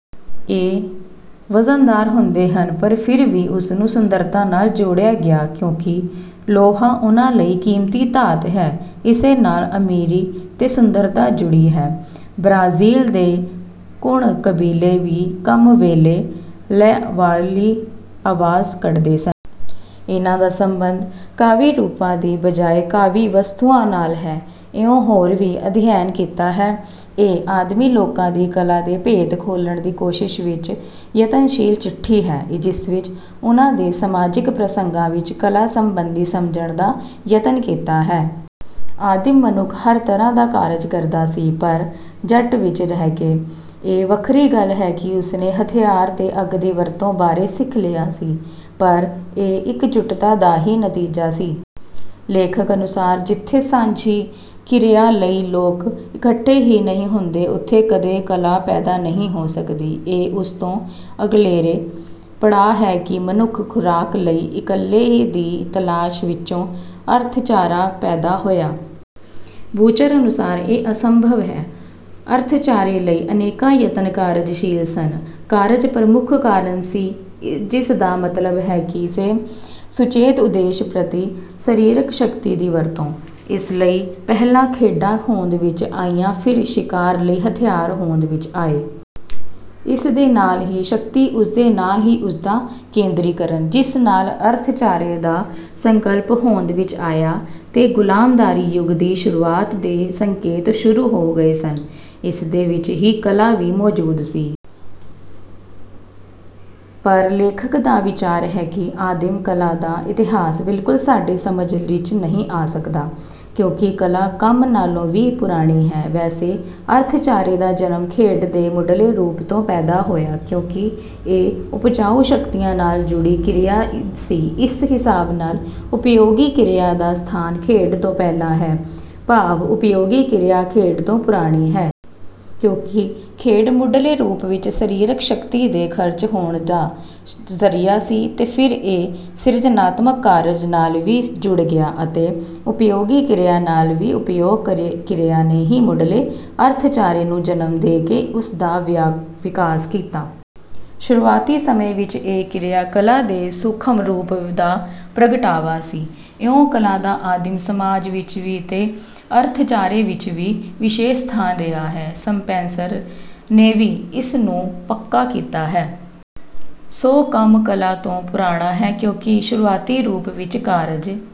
ਇਹ ਵਜ਼ਨਦਾਰ ਹੁੰਦੇ ਹਨ ਪਰ ਫਿਰ ਵੀ ਇਸ ਨੂੰ ਸੁੰਦਰਤਾ ਨਾਲ ਜੋੜਿਆ ਗਿਆ ਕਿਉਂਕਿ ਲੋਹਾ ਉਹਨਾਂ ਲਈ ਕੀਮਤੀ ਧਾਤ ਹੈ ਤੇ ਇਸੇ ਨਾਲ ਅਮੀਰੀ ਤੇ ਸੁੰਦਰਤਾ ਜੁੜੀ ਹੈ। ਬ੍ਰਾਜ਼ੀਲ ਦੇ ਕੁਣ ਕਬੀਲੇ ਵੀ ਕੰਮ ਵੇਲੇ ਲੈਅਵਾਲੀ ਆਵਾਜ਼ ਕੱਢਦੇ ਹਨ। ਇਹਨਾਂ ਦਾ ਸੰਬੰਧ ਕਾਵਿ ਰੂਪਾਂ ਦੀ ਬਜਾਏ ਕਾਵਿ ਵਸਤੂਆਂ ਨਾਲ ਹੈ। ਇਉਂ ਹੋਰ ਵੀ ਅਧਿਐਨ ਕੀਤਾ ਹੈ। ਇਹ ਆਦਿਮ ਲੋਕਾਂ ਦੀ ਕਲਾ ਦੇ ਭੇਤ ਖੋਲਣ ਦੀ ਕੋਸ਼ਿਸ਼ ਵਿੱਚ ਯਤਨਸ਼ੀਲ ਚਿੱਠੀ ਹੈ। ਜਿਸ ਵਿੱਚ ਉਹਨਾਂ ਦੇ ਸਮਾਜਿਕ ਪ੍ਰਸੰਗਾਂ ਵਿੱਚ ਕਲਾ ਸੰਬੰਧੀ ਸਮਝਣ ਦਾ ਯਤਨ ਕੀਤਾ ਹੈ। ਆਦਿਮ ਮਨੁੱਖ ਹਰ ਤਰ੍ਹਾਂ ਦਾ ਕਾਰਜ ਕਰਦਾ ਸੀ ਪਰ ਜੱਟ ਵਿੱਚ ਰਹਿ ਕੇ। ਇਹ ਵੱਖਰੀ ਗੱਲ ਹੈ ਕਿ ਉਸਨੇ ਹਥਿਆਰ ਤੇ ਅੱਗ ਦੀ ਵਰਤੋਂ ਬਾਰੇ ਸਿੱਖ ਲਿਆ ਸੀ ਪਰ ਇਹ ਇਕਜੁੱਟਤਾ ਦਾ ਹੀ ਨਤੀਜਾ ਸੀ। ਲੇਖਕ ਅਨੁਸਾਰ ਜਿੱਥੇ ਸਾਂਝੀ ਕਿਰਿਆ ਲਈ ਲੋਕ ਇਕੱਠੇ ਹੀ ਨਹੀਂ ਹੁੰਦੇ ਉੱਥੇ ਕਦੇ ਕਲਾ ਪੈਦਾ ਨਹੀਂ ਹੋ ਸਕਦੀ। ਇਹ ਉਸ ਤੋਂ ਅਗਲੇਰੇ ਪੜਾਅ ਹੈ ਕਿ ਮਨੁੱਖ ਖੁਰਾਕ ਲਈ ਇਕੱਲੇ ਦੀ ਤਲਾਸ਼ ਵਿੱਚੋਂ ਅਰਥਚਾਰਾ ਪੈਦਾ ਹੋਇਆ। ਬੂਚਰ ਅਨੁਸਾਰ ਇਹ ਅਸੰਭਵ ਹੈ। ਅਰਥਚਾਰੇ ਲਈ ਅਨੇਕਾਂ ਯਤਨ ਕਾਰਜਸ਼ੀਲ ਸਨ। ਕਾਰਜ ਪ੍ਰਮੁੱਖ ਕਾਰਨ ਸੀ ਜਿਸ ਦਾ ਮਤਲਬ ਹੈ ਕਿਸੇ ਸੁਚੇਤ ਉਦੇਸ਼ ਪ੍ਰਤੀ ਸਰੀਰਕ ਸ਼ਕਤੀ ਦੀ ਵਰਤੋਂ। ਇਸ ਲਈ ਪਹਿਲਾਂ ਖੇਡਾਂ ਹੋਂਦ ਵਿੱਚ ਆਈਆਂ ਫਿਰ ਸ਼ਿਕਾਰ ਲਈ ਹਥਿਆਰ ਹੋਂਦ ਵਿੱਚ ਆਏ। ਇਸ ਦੇ ਨਾਲ ਹੀ ਸ਼ਕਤੀ ਉਸਦੇ ਨਾਲ ਹੀ ਉਸਦਾ ਕੇਂਦਰੀਕਰਨ ਜਿਸ ਨਾਲ ਅਰਥਚਾਰੇ ਦਾ ਸੰਕਲਪ ਹੋਂਦ ਵਿੱਚ ਆਇਆ ਤੇ ਗੁਲਾਮਦਾਰੀ ਯੁੱਗ ਦੀ ਸ਼ੁਰੂਆਤ ਦੇ ਸੰਕੇਤ ਸ਼ੁਰੂ ਹੋ ਗਏ ਸਨ। ਇਸ ਦੇ ਵਿੱਚ ਹੀ ਕਲਾ ਵੀ ਮੌਜੂਦ ਸੀ। ਪਰ ਲੇਖਕ ਦਾ ਵਿਚਾਰ ਹੈ ਕਿ ਆਦਿਮ ਕਲਾ ਦਾ ਇਤਿਹਾਸ ਬਿਲਕੁਲ ਸਾਡੇ ਸਮਝ ਵਿੱਚ ਨਹੀਂ ਆ ਸਕਦਾ ਕਿਉਂਕਿ ਕਲਾ ਕੰਮ ਨਾਲੋਂ ਵੀ ਪੁਰਾਣੀ ਹੈ। ਵੈਸੇ ਅਰਥਚਾਰੇ ਦਾ ਜਨਮ ਖੇਡ ਦੇ ਮੁੱਢਲੇ ਰੂਪ ਤੋਂ ਪੈਦਾ ਹੋਇਆ ਕਿਉਂਕਿ ਇਹ ਉਪਜਾਊ ਸ਼ਕਤੀਆਂ ਨਾਲ ਜੁੜੀ ਕਿਰਿਆ ਸੀ ਇਸ ਹਿਸਾਬ ਨਾਲ ਉਪਯੋਗੀ ਕਿਰਿਆ ਦਾ ਸਥਾਨ ਖੇਡ ਤੋਂ ਪਹਿਲਾ ਹੈ ਭਾਵ ਉਪਯੋਗੀ ਕਿਰਿਆ ਖੇਡ ਤੋਂ ਪੁਰਾਣੀ ਹੈ। ਕਿਉਂਕਿ ਖੇਡ ਮੁੱਢਲੇ ਰੂਪ ਵਿੱਚ ਸਰੀਰਕ ਸ਼ਕਤੀ ਦੇ ਖਰਚ ਹੋਣ ਦਾ ਜ਼ਰੀਆ ਸੀ ਤੇ ਫਿਰ ਇਹ ਸਿਰਜਨਾਤਮਕ ਕਾਰਜ ਨਾਲ ਵੀ ਜੁੜ ਗਿਆ ਅਤੇ ਉਪਯੋਗੀ ਕਿਰਿਆ ਨਾਲ ਵੀ। ਉਪਯੋਗ ਕਿਰਿਆ ਨੇ ਹੀ ਮੁੱਢਲੇ ਅਰਥਚਾਰੇ ਨੂੰ ਜਨਮ ਦੇ ਕੇ ਉਸ ਦਾ ਵਿਕਾਸ ਕੀਤਾ। ਸ਼ੁਰੂਆਤੀ ਸਮੇਂ ਵਿੱਚ ਇਹ ਕਿਰਿਆ ਕਲਾ ਦੇ ਸੂਖਮ ਰੂਪ ਦਾ ਪ੍ਰਗਟਾਵਾ ਸੀ ਇਉਂ ਕਲਾ ਦਾ ਆਦਿਮ ਸਮਾਜ ਵਿੱਚ ਵੀ ਤੇ ਅਰਥਚਾਰੇ ਵਿੱਚ ਵੀ ਵਿਸ਼ੇਸ਼ ਸਥਾਨ ਰਿਹਾ ਹੈ। ਸਪੈਂਸਰ ਨੇ ਵੀ ਇਸ ਨੂੰ ਪੱਕਾ ਕੀਤਾ ਹੈ। ਸੋ ਕੰਮ ਕਲਾ ਤੋਂ ਪੁਰਾਣਾ ਹੈ ਕਿਉਂਕਿ ਸ਼ੁਰੂਆਤੀ ਰੂਪ ਵਿੱਚ ਕਾਰਜ।